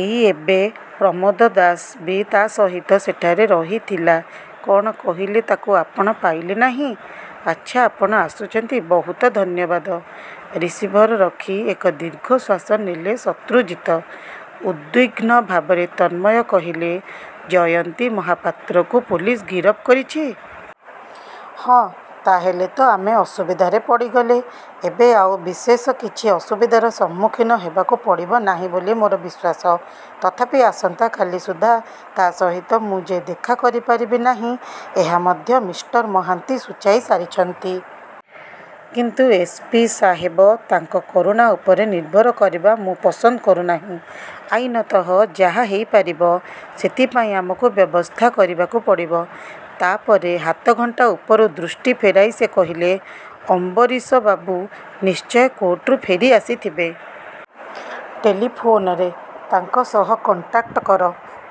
ଏଇ ଏବେ, ପ୍ରମୋଦ ଦାସ ବି ତା'ସହିତ ସେଠାରେ ରହିଥିଲା କଣ କହିଲେ ତାକୁ ଆପଣ ପାଇଲେ ନାହିଁ। ଆଚ୍ଛା ଆପଣ ଆସୁଛନ୍ତି ବହୁତ ଧନ୍ୟବାଦ। ' ରିସିଭର ରଖି ଏକ ଦୀର୍ଘ ଶ୍ୱାସ ନେଲେ ଶତ୍ରୁଜିତ। ଉଦ୍ବିଗ୍ନ ଭାବରେ ତନ୍ମୟ କହିଲେ, 'ଜୟନ୍ତୀ ମହାପାତ୍ରକୁ ପୋଲିସ ଗିରଫ କରିଛି? 'ହଁ' 'ତା'ହେଲେ ତ ଆମେ ଅସୁବିଧାରେ ପଡ଼ିଗଲେ' 'ଏବେ ଆଉ ବିଶେଷ କିଛି ଅସୁବିଧାର ସମ୍ମୁଖୀନ ହେବାକୁ ପଡ଼ିବ ନାହିଁ ବୋଲି ମୋର ବିଶ୍ୱାସ। ତଥାପି ଆସନ୍ତା କାଲି ସୁଦ୍ଧା ତା'ସହିତ ମୁଁ ଯେ ଦେଖା କରିପାରିବି ନାହିଁ ଏହା ମଧ୍ୟ ମି: ମହାନ୍ତି ସୂଚାଇ ସାରିଛନ୍ତି। ' 'କିନ୍ତୁ ଏସ. ପି. ସାହେବ' 'ତାଙ୍କ କରୁଣା ଉପରେ ନିର୍ଭର କରିବା ମୁଁ ପସନ୍ଦ କରୁନାହିଁ। ଆଇନତଃ ଯାହା ହେଇପାରିବ, ସେଥିପାଇଁ ଆମକୁ ବ୍ୟବସ୍ଥା କରିବାକୁ ପଡ଼ିବ। ' ତା'ପରେ ହାତଘଣ୍ଟା ଉପରୁ ଦୃଷ୍ଟି ଫେରାଇ ସେ କହିଲେ, 'ଅମ୍ୱରୀଶବାବୁ ନିଶ୍ଚୟ କୋର୍ଟରୁ ଫେରିଆସିଥିବେ। ଟେଲିଫୋନରେ। ତାଙ୍କ ସହ କଣ୍ଟାକ୍ଟ କର।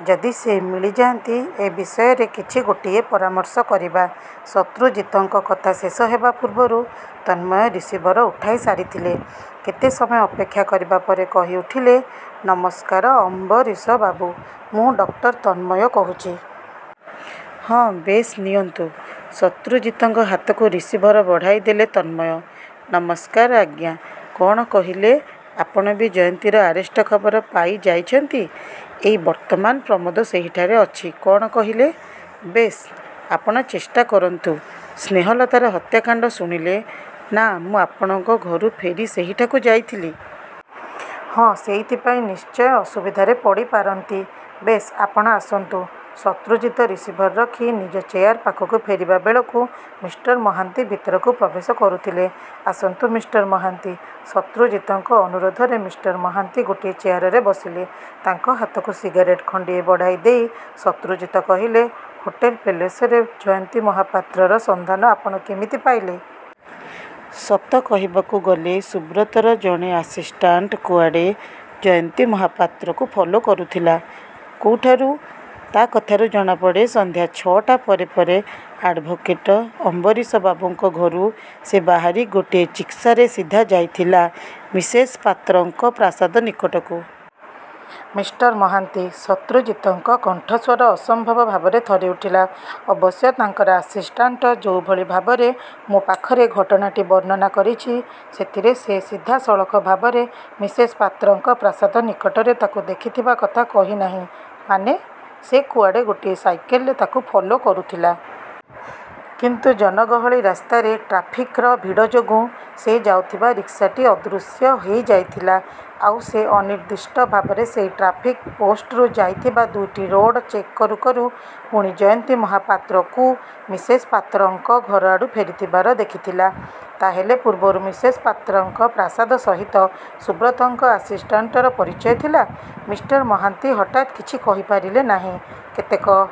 ଯଦି ସେ ମିଳିଯାଆନ୍ତି ଏ ବିଷୟରେ କିଛି ଗୋଟିଏ ପରାମର୍ଶ କରିବା। ' ଶତ୍ରୁଜିତଙ୍କ କଥା ଶେଷ ହେବା ପୂର୍ବରୁ ତନ୍ମୟ ରିସିଭର ଉଠାଇ ସାରିଥିଲେ। କେତେ ସମୟ ଅପେକ୍ଷା କରିବା ପରେ କହିଉଠିଲେ, 'ନମସ୍କାର ଅମ୍ୱରୀଶବାବୁ, ମୁଁ ଡ: ତନ୍ମୟ କହୁଛି। ହଁ ବେଶ୍, ନିଅନ୍ତୁ। ' ଶତ୍ରୁଜିତଙ୍କ ହାତକୁ ରିସିଭର ବଢ଼ାଇଦେଲେ ତନ୍ମୟ। 'ନମସ୍କାର ଆଜ୍ଞା, କଣ କହିଲେ ଆପଣ ବି ଜୟନ୍ତୀର ଆରେଷ୍ଟ ଖବର ପାଇଯାଇଛନ୍ତି-। ଏଇ ବର୍ତ୍ତମାନ ପ୍ରମୋଦ ସେହିଠାରେ ଅଛି କଣ କହିଲେ-ବେଶ୍, ଆପଣ ଚେଷ୍ଟାକରନ୍ତୁ-। ସ୍ନେହଲତାର ହତ୍ୟାକାଣ୍ତ ଶୁଣିଲେ, ନା-ମୁଁ ଆପଣଙ୍କ ଘରୁ ଫେରି ସେହିଠାକୁ ଯାଇଥିଲି। ହଁ, ସେଇଥିପାଇଁ ନିଶ୍ଚୟ ଅସୁବିଧାରେ ପଡ଼ିପାରନ୍ତି। ବେଶ୍, ଆପଣ ଆସନ୍ତୁ। ' ଶତ୍ରୁଜିତ ରିସିଭର ରଖି ନିଜ ଚେୟାର ପାଖକୁ ଫେରିବାବେଳକୁ ମି: ମହାନ୍ତି ଭିତରକୁ ପ୍ରବେଶ କରୁଥିଲେ। 'ଆସନ୍ତୁ, ମି: ମହାନ୍ତି! ' ଶତ୍ରୁଜିତଙ୍କ ଅନୁରୋଧରେ ମି: ମହାନ୍ତି ଗୋଟିଏ ଚେୟାରରେ ବସିଲେ। ତାଙ୍କ ହାତକୁ ସିଗାରେଟ୍ ଖଣ୍ତିଏ ବଢାଇ ଦେଇ ଶତ୍ରୁଜିତ କହିଲେ, 'ହୋଟେଲ ପେଲେସରେ ଜୟନ୍ତୀ ମହାପାତ୍ରର ସନ୍ଧାନ ଆପଣ କେମିତି ପାଇଲେ? 'ସତ କହିବାକୁ ଗଲେ ସୁବ୍ରତର ଜଣେ ଆସିଷ୍ଟାଣ୍ଟ କୁଆଡ଼େ ଜୟନ୍ତୀ ମହାପାତ୍ରକୁ ଫଲୋ କରୁଥିଲା। ' 'କୋଉଠାରୁ? ' 'ତା କଥାରୁ ଜଣାପଡ଼େ, ସଂଧ୍ୟା ଛ'ଟା ପରେ ପରେ ଆଡ଼୍ଭୋକେଟ ଅମ୍ବରୀଶବାବୁଙ୍କ ଘରୁ ସେ ବାହାରି ଗୋଟିଏ ଚିକ୍ସାରେ ସିଧା ଯାଇଥିଲା ମିସେସ ପାତ୍ରଙ୍କ ପ୍ରାସାଦ ନିକଟକୁ। ' ମିଃ: ମହାନ୍ତି! ' ଶତ୍ରୁଜିତଙ୍କ କଣ୍ଠସ୍ୱର ଅସମ୍ଭବ ଭାବରେ ଥରିଉଠିଲା। 'ଅବଶ୍ୟ ତାଙ୍କର ଆସିଷ୍ଟାଣ୍ଟ ଯୋଉଭଳି ଭାବରେ ମୋ ପାଖରେ ଘଟଣାଟି ବର୍ଣ୍ଣନା କରିଛି ସେଥିରେ ସେ ସିଧାସଳଖ ଭାବରେ ମିସେସ୍ ପାତ୍ରଙ୍କ ପ୍ରାସାଦ ନିକଟରେ ତାକୁ ଦେଖିଥିବା କଥା କହିନାହିଁ' 'ମାନେ? ' 'ସେ କୁଆଡ଼େ ଗୋଟିଏ ସାଇକେଲରେ ତାକୁ ଫଲୋ କରୁଥିଲା। କିନ୍ତୁ ଜନଗହଳି ରାସ୍ତାରେ ଟ୍ରାଫିକ୍ର ଭିଡ଼ ଯୋଗୁଁ ସେ ଯାଉଥିବା ରିକ୍ସାଟି ଅଦୃଶ୍ୟ ହେଇଯାଇଥିଲା। ଆଉ ସେ ଅନିର୍ଦ୍ଦିଷ୍ଟ ଭାବରେ ସେଇ ଟ୍ରାଫିକ୍ ପୋଷ୍ଟରୁ ଯାଇଥିବା ଦୁଇଟି ରୋଡ଼ ଚେକ୍ କରୁ କରୁ ପୁଣି ଜୟନ୍ତୀ ମହାପାତ୍ରକୁ ମିସେସ୍ ପାତ୍ରଙ୍କ ଘରଆଡ଼ୁ ଫେରିଥିବାର ଦେଖିଥିଲା। ' 'ତା' ହେଲେ ପୂର୍ବରୁ ମିସେସ ପାତ୍ରଙ୍କ ପ୍ରାସାଦ ସହିତ ସୁବ୍ରତଙ୍କ ଆସିଷ୍ଟାଣ୍ଟର ପରିଚୟ ଥିଲା? ' 'ମି: ମହାନ୍ତି ହଠାତ୍ କିଛି କହିପାରିଲେ ନାହିଁ। କେତେକ